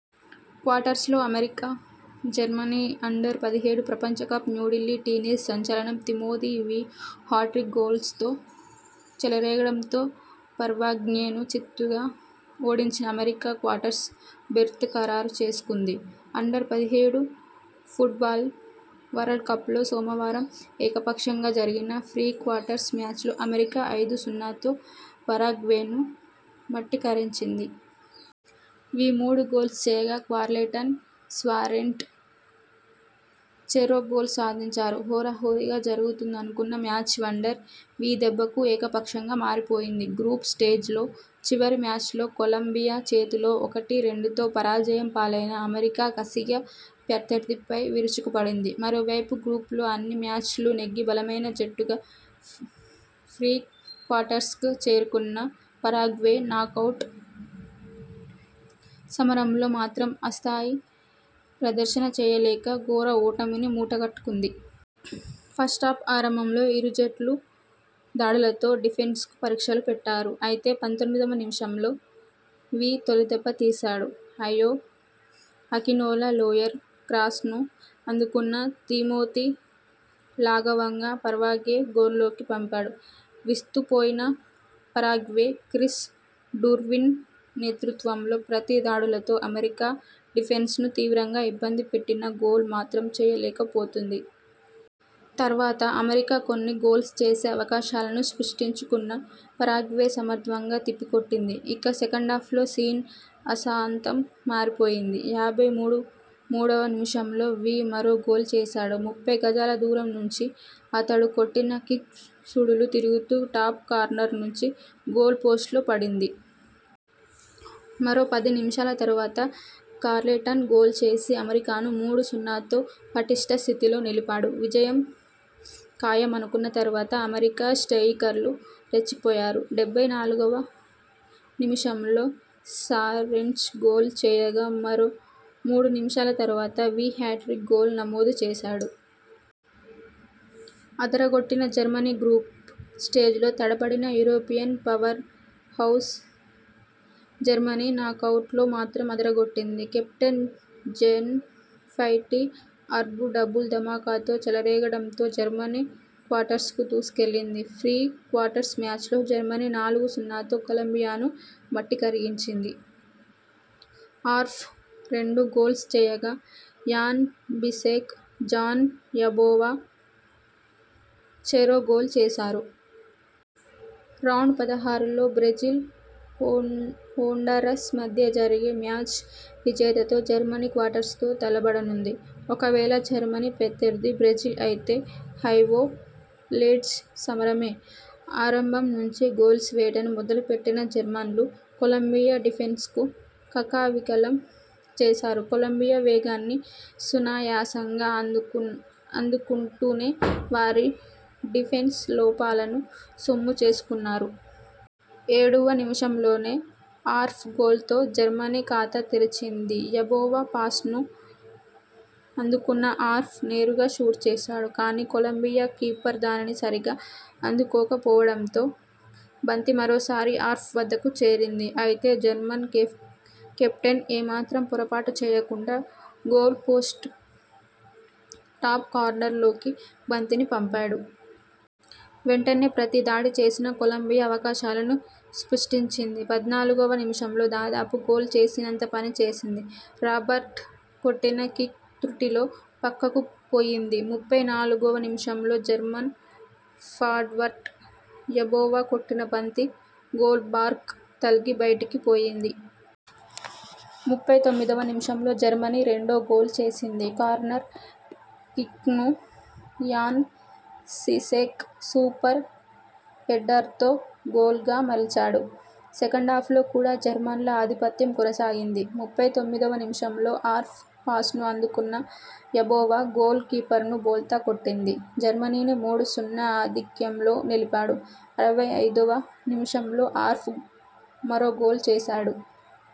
క్వార్టర్స్లో America, Germany under పదిహేడు ప్రపంచకప్ New Delhi teenage సంచలనం తిమోతి వీ హ్యాట్రిక్ గోల్స్తో చెలరేగడంతో పరాగ్వేను చిత్తుగా ఓడించిన అమెరికా క్వార్టర్స్ బెర్త్ ఖరారు చేసుకుంది. అండర్-పదిహేడు ఫుట్బాల్ వరల్డ్కప్లో సోమవారం ఏకపక్షంగా జరిగిన ప్రీ క్వార్టర్స్ మ్యాచ్లో అమెరికా ఐదు-సున్నాతో పరాగ్వేను మట్టికరిపించింది. వీ మూడు గోల్స్ చేయగా కార్లెటన్, సార్జెంట్ చెరో గోల్ సాధించారు. హోరాహోరీగా జరుగుతుందనుకున్న మ్యాచ్ వండర్ వీ దెబ్బకు ఏకపక్షంగా మారిపోయింది. గ్రూప్ స్టేజ్లో చివరి మ్యాచ్లో కొలంబియా చేతిలో ఒకటి-రెండుతో పరాజయం పాలైన అమెరికా కసిగా ప్రత్యర్థిపై విరుచుకుపడింది. మరోవైపు గ్రూప్లో అన్ని మ్యాచ్లూ నెగ్గి బలమైన జట్టుగా ప్రీ క్వార్టర్స్కు చేరుకున్న పరాగ్వే నాకౌట్ సమరంలో మాత్రం ఆస్థాయి ప్రదర్శన చేయలేక ఘోర ఓటమిని మూటగట్టుకుంది. ఫస్టాఫ్ ఆరంభంలో ఇరు జట్లూ దాడులతో డిఫెన్స్కు పరీక్షలు పెట్టారు. అయితే పంతొమ్మిదివ నిమిషంలో వీ తొలి దెబ్బ తీశాడు. అయో అకినోలా లోయర్ క్రాస్ను అందుకున్న తిమోతి లాఘవంగా పరాగ్వే గోల్లోకి పంపాడు. విస్తుపోయిన పరాగ్వే క్రిస్ డుర్కిన్ నేతృత్వంలో ప్రతి దాడులతో అమెరికా డిఫెన్స్ను తీవ్రంగా ఇబ్బంది పెట్టినా గోల్ మాత్రం చేయలేక పోయింది. తర్వాత అమెరికా కొన్ని గోల్స్ చేసే అవకాశాలను సృష్టించుకున్నా పరాగ్వే సమర్థంగా తిప్పికొట్టింది. ఇక సెకండాఫ్లో సీన్ ఆసాంతం మారిపోయింది. యాభై మూడువ నిమిషంలో వీ మరో గోల్ చేశాడు. ముప్పై గజాల దూరం నుంచి అతడు కొట్టిన కిక్ సుడులు తిరుగుతూ టాప్ కార్నర్ నుంచి గోల్ పోస్టులో పడింది. మరో పది నిమిషాల తర్వాత కార్లెటన్ గోల్ చేసి అమెరికాను మూడు-సున్నాతో పటిష్ట స్థితిలో నిలిపాడు. విజయం ఖాయం అనుకున్న తర్వాత అమెరికా స్ట్రయికర్లు రెచ్చిపోయారు. డెబ్బై నాలుగువ నిమిషంలో సార్జెంట్ గోల్ చేయగా మరో మూడు నిమిషాల తర్వాత వీ హ్యాట్రిక్ గోల్ నమోదు చేశాడు. అదరగొట్టిన జర్మనీ గ్రూప్ స్టేజ్లో తడబడిన యూరోపియన్ పవర్హౌస్ జర్మనీ నాకౌట్లో మాత్రం అదరగొట్టింది. కెప్టెన్ జన్-ఫైటీ అర్ప్ డబుల్ ధమాకాతో చెలరేగడంతో జర్మనీ క్వార్టర్స్కు దూసుకెళ్లింది. ప్రీ క్వార్టర్స్ మ్యాచ్లో జర్మనీ నాలుగు-సున్నాతో కొలంబియాను మట్టికరిపింది. అర్ప్ రెండు గోల్స్ చేయగా యాన్ బిసెక్, జాన్ యబోవా చెరో గోల్ చేశారు. రౌండ్-పదహారులో బ్రెజిల్, హోండరస్ మధ్య జరిగే మ్యాచ్ విజేతతో జర్మనీ క్వార్టర్స్లో తలపడనుంది. ఒకవేళ జర్మనీ ప్రత్యర్థి బ్రెజిల్ అయితే హైవోల్టేజ్ సమరమే! ఆరంభం నుంచే గోల్స్ వేటను మొదలెట్టిన జర్మన్లు కొలంబియా డిఫెన్స్ను కకావికలం చేశారు. కొలంబియా వేగాన్ని సునాయాసంగా అందుకుంటూనే వారి డిఫెన్స్ లోపాలను సొమ్ము చేసుకున్నారు. ఏడువ నిమిషంలోనే అర్ప్ గోల్తో జర్మనీ ఖాతా తెరిచింది. యబోవా పాస్ను అందుకున్న అర్ప్ నేరుగా షూట్ చేశాడు. కానీ కొలంబియా కీపర్ దానిని సరిగా అందుకోకపోవడంతో బంతి మరోసారి అర్ప్ వద్దకు చేరింది. అయితే జర్మన్ కెప్టెన్ ఏమాత్రం పొరబాటు చేయకుండా గోల్ పోస్టు టాప్ కార్నర్లోకి బంతిని పంపాడు. వెంటనే ప్రతి దాడి చేసిన కొలంబియా అవకాశాలను సృష్టించుకుంది పద్నాలుగువ నిమిషంలో దాదాపు గోల్ చేసినంత పని చేసింది. రాబర్ట్ కొట్టిన కిక్ త్రుటిలో పక్కకు పోయింది. ముప్పై నాలుగువ నిమిషంలో జర్మన్ ఫార్వర్డ్ యబోవా కొట్టిన బంతి గోల్ బార్కు తగిలి బయటకు పోయింది. ముప్పై తొమ్మిదివ నిమిషంలో జర్మనీ రెండో గోల్ చేసింది. కార్నర్ కిక్ను యాన్ సిసెక్ సూపర్ హెడ్డర్తో గోల్గా మలిచాడు. సెకండాఫ్లో కూడా జర్మన్ల ఆధిపత్యం కొనసాగింది. ముప్పై తొమ్మిదివ నిమిషంలో అర్ప్ పాస్ను అందుకున్న యబోవా గోల్ కీపర్ను బోల్తా కొట్టించి జర్మనీని మూడు-సున్నా ఆధిక్యంలో నిలిపాడు. అరవై ఐదువ నిమిషంలో అర్ప్ మరో గోల్ చేశాడు.